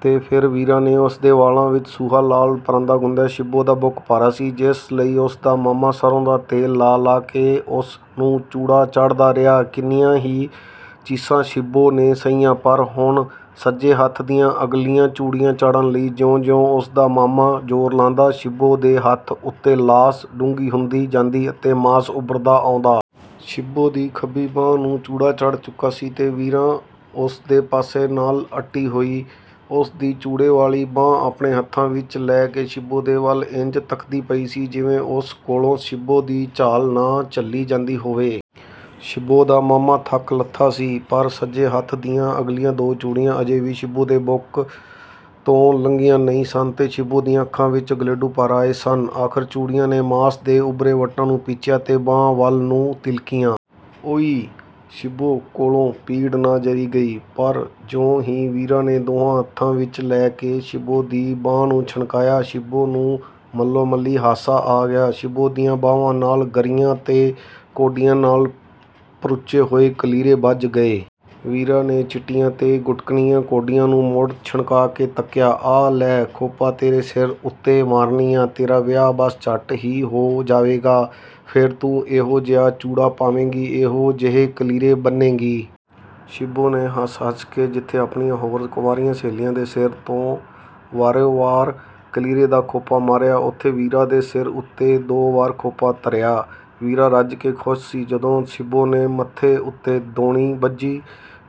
ਤੇ ਫਿਰ ਵੀਰਾਂ ਨੇ ਉਸ ਦੇ ਵਾਲਾਂ ਵਿੱਚ ਸੂਹਾ ਲਾਲ ਪਰਾਂਦਾ ਗੁੰਦਿਆ। ਸ਼ਿੱਬੋ ਦਾ ਬੁੱਕ ਭਾਰਾ ਸੀ, ਜਿਸ ਲਈ ਉਸ ਦਾ ਮਾਮਾ ਸਰ੍ਹੋਂ ਦਾ ਤੇਲ ਲਾ-ਲਾ ਕੇ ਉਸ ਨੂੰ ਚੂੜਾ ਚਾੜ੍ਹਦਾ ਰਿਹਾ। ਕਿੰਨੀਆਂ ਹੀ ਚੀਸਾਂ ਸ਼ਿੱਬੋ ਨੇ ਸਹੀਆਂ, ਪਰ ਹੁਣ ਸੱਜੇ ਹੱਥ ਦੀਆਂ ਅਗਲੀਆਂ ਚੂੜੀਆਂ ਚਾੜ੍ਹਨ ਲਈ ਜਿਉਂ-ਜਿਉਂ ਉਸ ਦਾ ਮਾਮਾ ਜ਼ੋਰ ਲਾਂਦਾ, ਸ਼ਿੱਬੋ ਦੇ ਹੱਥ ਉੱਤੇ ਲਾਸ ਡੂੰਘੀ ਹੁੰਦੀ ਜਾਂਦੀ ਤੇ ਮਾਸ ਉੱਭਰਦਾ ਆਉਂਦਾ। ਸ਼ਿੱਬੋ ਦੀ ਖੱਬੀ ਬਾਂਹ ਨੂੰ ਚੂੜਾ ਚੜ੍ਹ ਚੁੱਕਾ ਸੀ ਤੇ ਵੀਰਾਂ ਉਸ ਦੇ ਪਾਸੇ ਨਾਲ ਅੱਟੀ ਹੋਈ, ਉਸ ਦੀ ਚੂੜੇ ਵਾਲੀ ਬਾਂਹ ਆਪਣੇ ਹੱਥਾਂ ਵਿੱਚ ਲੈ ਕੇ ਸ਼ਿੱਬੋ ਦੇ ਵੱਲ ਇੰਝ ਤੱਕਦੀ ਪਈ ਸੀ, ਜਿਵੇਂ ਉਸ ਕੋਲੋਂ ਸ਼ਿੱਬੋ ਦੀ ਝਾਲ ਨਾ ਝੱਲੀ ਜਾਂਦੀ ਹੋਵੇ। ਸ਼ਿੱਬੋ ਦਾ ਮਾਮਾ ਥੱਕ-ਲੱਥਾ ਸੀ, ਪਰ ਸੱਜੇ ਹੱਥ ਦੀਆਂ ਅਗਲੀਆਂ ਦੋ ਚੂੜੀਆਂ ਅਜੇ ਵੀ ਸ਼ਿੱਬੋ ਦੇ ਬੁੱਕ ਤੋਂ ਲੰਘੀਆਂ ਨਹੀਂ ਸਨ ਤੇ ਸ਼ਿੱਬੋ ਦੀਆਂ ਅੱਖਾਂ ਵਿੱਚ ਗਲੇਡੂ ਭਰ ਆਏ ਸਨ। ਆਖ਼ਰ ਚੂੜੀਆਂ ਨੇ ਮਾਸ ਦੇ ਉੱਭਰੇ ਵੱਟਾਂ ਨੂੰ ਪੀਚਿਆ ਤੇ ਬਾਂਹ ਵੱਲ ਨੂੰ ਤਿਲਕੀਆਂ। “ਉਈ...” ਸ਼ਿੱਬੋ ਕੋਲੋਂ ਪੀੜ ਨਾ ਜਰੀ ਗਈ, ਪਰ ਜਿਉਂ ਹੀ ਵੀਰਾਂ ਨੇ ਦੋਹਾਂ ਹੱਥਾਂ ਵਿੱਚ ਲੈ ਕੇ ਸ਼ਿੱਬੋ ਦੀ ਬਾਂਹ ਨੂੰ ਛਣਕਾਇਆ, ਸ਼ਿੱਬੋ ਨੂੰ ਮੱਲੋ-ਮੱਲੀ ਹਾਸਾ ਆ ਗਿਆ। ਸ਼ਿੱਬੋ ਦੀਆਂ ਬਾਂਹਵਾਂ ਨਾਲ ਗਰੀਆਂ ਤੇ ਕੌਡੀਆਂ ਨਾਲ ਪਰੁਚੇ ਹੋਏ ਕਲੀਰੇ ਬੱਝ ਗਏ। ਵੀਰਾਂ ਨੇ ਚਿੱਟੀਆਂ ਤੇ ਗੁੱਟਕਣੀਆਂ ਕੌਡੀਆਂ ਨੂੰ ਮੁੜ ਛਣਕਾ ਕੇ ਤੱਕਿਆ। “ਆਹ ਲੈ ਖੋਪਾ ਤੇਰੇ ਸਿਰ ਉੱਤੇ ਮਾਰਨੀ ਆਂ। ਤੇਰਾ ਵਿਆਹ ਬੱਸ ਝੱਟ ਹੀ ਹੋ ਜਾਵੇਗਾ। ਫਿਰ ਤੂੰ ਇਹੋ-ਜਿਹਾ ਚੂੜਾ ਪਾਵੇਂਗੀ, ਇਹੋ ਜਿਹੇ ਕਲੀਰੇ ਬੰਨ੍ਹੇਂਗੀ।” ਸ਼ਿੱਬੋ ਨੇ ਹੱਸ-ਹੱਸ ਕੇ ਜਿੱਥੇ ਆਪਣੀਆਂ ਹੋਰ ਕੰਵਾਰੀਆਂ ਸਹੇਲੀਆਂ ਦੇ ਸਿਰ ਤੋਂ ਵਾਰੋ-ਵਾਰ ਕਲੀਰੇ ਦਾ ਖੋਪਾ ਮਾਰਿਆ, ਉੱਥੇ ਵੀਰਾਂ ਦੇ ਸਿਰ ਉੱਤੇ ਦੋ ਵਾਰ ਖੋਪਾ ਧਰਿਆ। ਵੀਰਾਂ ਰੱਜ ਕੇ ਖੁਸ਼ ਸੀ। ਜਦੋਂ ਸ਼ਿੱਬੋ ਨੇ ਮੱਥੇ ਉੱਤੇ ਦੌਣੀ ਬੱਝੀ,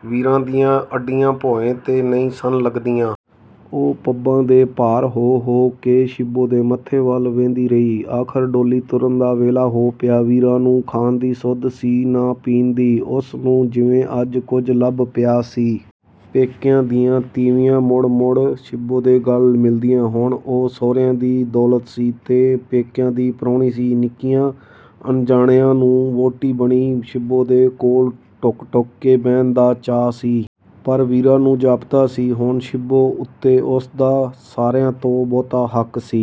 ਵੀਰਾਂ ਦੀਆਂ ਅੱਡੀਆਂ ਭੋਏਂ 'ਤੇ ਨਹੀਂ ਸਨ ਲੱਗਦੀਆਂ। ਉਹ ਪੱਬਾਂ ਦੇ ਭਾਰ ਹੋ-ਹੋ ਕੇ ਸ਼ਿੱਬੋ ਦੇ ਮੱਥੇ ਵੱਲ ਵੇਂਹਦੀ ਰਹੀ। ਆਖ਼ਰ ਡੋਲੀ ਤੁਰਨ ਦਾ ਵੇਲਾ ਹੋ ਪਿਆ। ਵੀਰਾਂ ਨੂੰ ਖਾਣ ਦੀ ਸੁੱਧ ਸੀ ਨਾ ਪੀਣ ਦੀ। ਉਸ ਨੂੰ ਜਿਵੇਂ ਅੱਜ ਕੁਝ ਲੱਭ ਪਿਆ ਸੀ। ਪੇਕਿਆਂ ਦੀਆਂ ਤੀਵੀਆਂ ਮੁੜ-ਮੁੜ ਸ਼ਿੱਬੋ ਦੇ ਗਲ ਮਿਲਦੀਆਂ। ਹੁਣ ਉਹ ਸਹੁਰਿਆਂ ਦੀ ਦੌਲਤ ਸੀ ਤੇ ਪੇਕਿਆਂ ਦੀ ਪ੍ਰਾਹੁਣੀ ਸੀ। ਨਿੱਕਿਆਂ ਅੰਜਾਣਿਆਂ ਨੂੰ ਵਹੁਟੀ ਬਣੀ ਸ਼ਿੱਬੋ ਦੇ ਕੋਲ ਢੁਕ-ਢੁਕ ਕੇ ਬਹਿਣ ਦਾ ਚਾਅ ਸੀ। ਪਰ ਵੀਰਾਂ ਨੂੰ ਜਾਪਦਾ ਸੀ, ਹੁਣ ਸ਼ਿੱਬੋ ਉੱਤੇ ਉਸ ਦਾ ਸਾਰਿਆਂ ਤੋਂ ਬਹੁਤਾ ਹੱਕ ਸੀ।